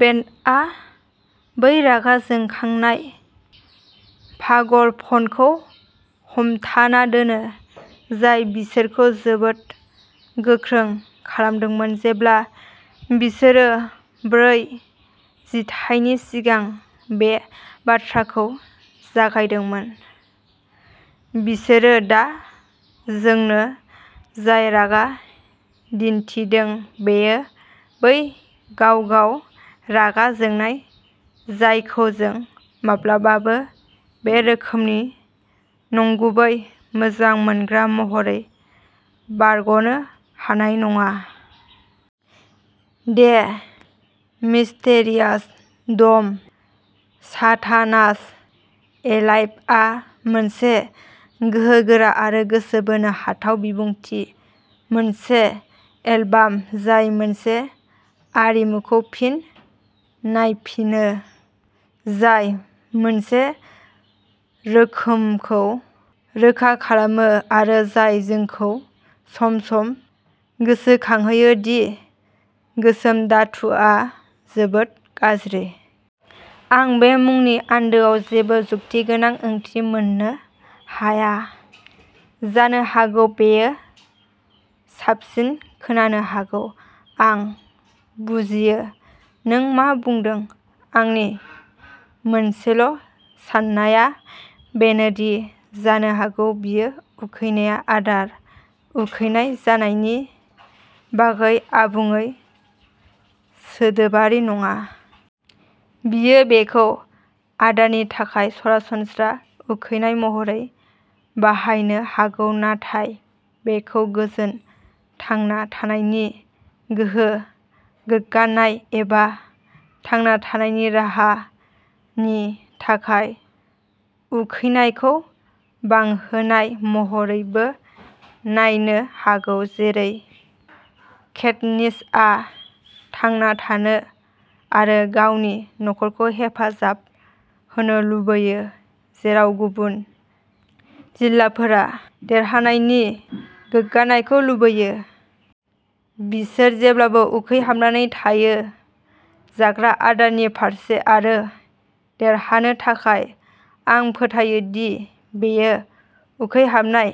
बेन्डआ बै रागा जोंखांनाय पागलपनखौ हमथाना दोनो, जाय बिसोरखौ जोबोद गोख्रों खालामदोंमोन जेब्ला बिसोरो ब्रै जिथायनि सिगां बे बाथ्राखौ जागायदोंमोन। बिसोरो दा जोंनो जाय रागा दिन्थिदों, बेयो बै गाव-गाव रागा जोंनाय जायखौ जों माब्लाबाबो बे रोखोमनि नंगुबै मोजां मोनग्रा महरै बारग'नो हानाय नङा। दे मिस्टेरियास डम साथानास एलाइभआ मोनसे गोहोगोरा आरो गोसो बोनो हाथाव बिबुंथि, मोनसे एलबाम जाय मोनसे आरिमुखौ फिन नायफिनो जाय मोनसे रोखोमखौ रोखा खालामो आरो जाय जोंखौ सम-सम गोसोखांहोयो दि गोसोम धातुआ जोबोद गाज्रि। आं बे मुंनि आन्दोआव जेबो जुक्तिगोनां ओंथि मोननो हाया, जानो हागौ बेयो साबसिन खोनानो हागौ। आं बुजियो नों मा बुदों। आंनि मोनसेल' साननाया बेनोदि जानो हागौ बियो उखैनाया आदार उखैनाय जानायनि बागै आबुङै सोदोबारि नङा। बियो बेखौ आदारनि थाखाय सरासनस्रा उखैनाय महरै बाहायनो हागौ, नाथाय बेखौ गोजोन, थांना थानायनि, गोहो, गोग्गानाय, एबा थांना थानायनि राहा नि थाखाय उखैनायखौ बांहोनाय महरैबो नायनो हागौ। जेरै केटनिटआ थांना थानो आरो गावनि नखरखौ हेफाजाब होनो लुबैयो, जेराव गुबुन जिल्लाफोरा देरहानायनि गोग्गानायखौ लुबैयो। बिसोर जेब्लाबो उखैहाबनानै थायो जाग्रा आदारनि फारसे आरो देरहानो थाखाय। आं फोथायो दि बेयो उखैहाबनाय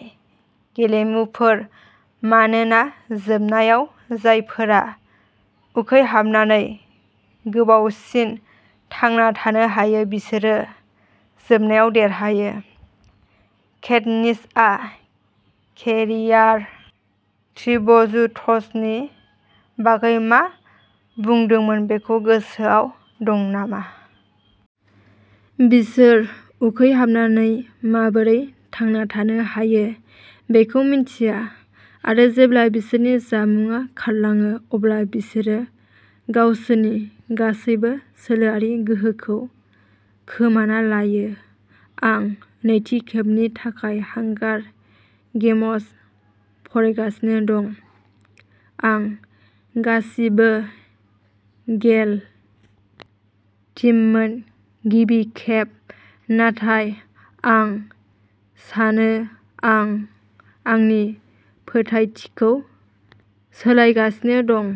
गेलेमुफोर मानोना जोबनायाव जायफोरा उखैहाबनानै गोबावसिन थांना थानो हायो बिसोरो जोबनायाव देरहायो। केटनिसआ केरियार ट्रिब्युट्सनि बागै मा बुंदोंमोन बेखौ गोसोआव दं नामा? बिसोर उखैहाबनानै माबोरै थांना थानो हायो बेखौ मिथिया। आरो जेब्ला बिसोरनि जामुंआ खारलाङो अब्ला बिसोरो गावसोरनि गासैबो सोलोआरि गोहोखौ खोमाना लायो। आं नैथि खेबनि थाखाय हांगार गेम्स फरायगासिनो दं। आं गासिबो गेल टीममोन, गिबि खेब, नाथाय आं सानो आं आंनि फोथायथिखौ सोलायगासिनो दं।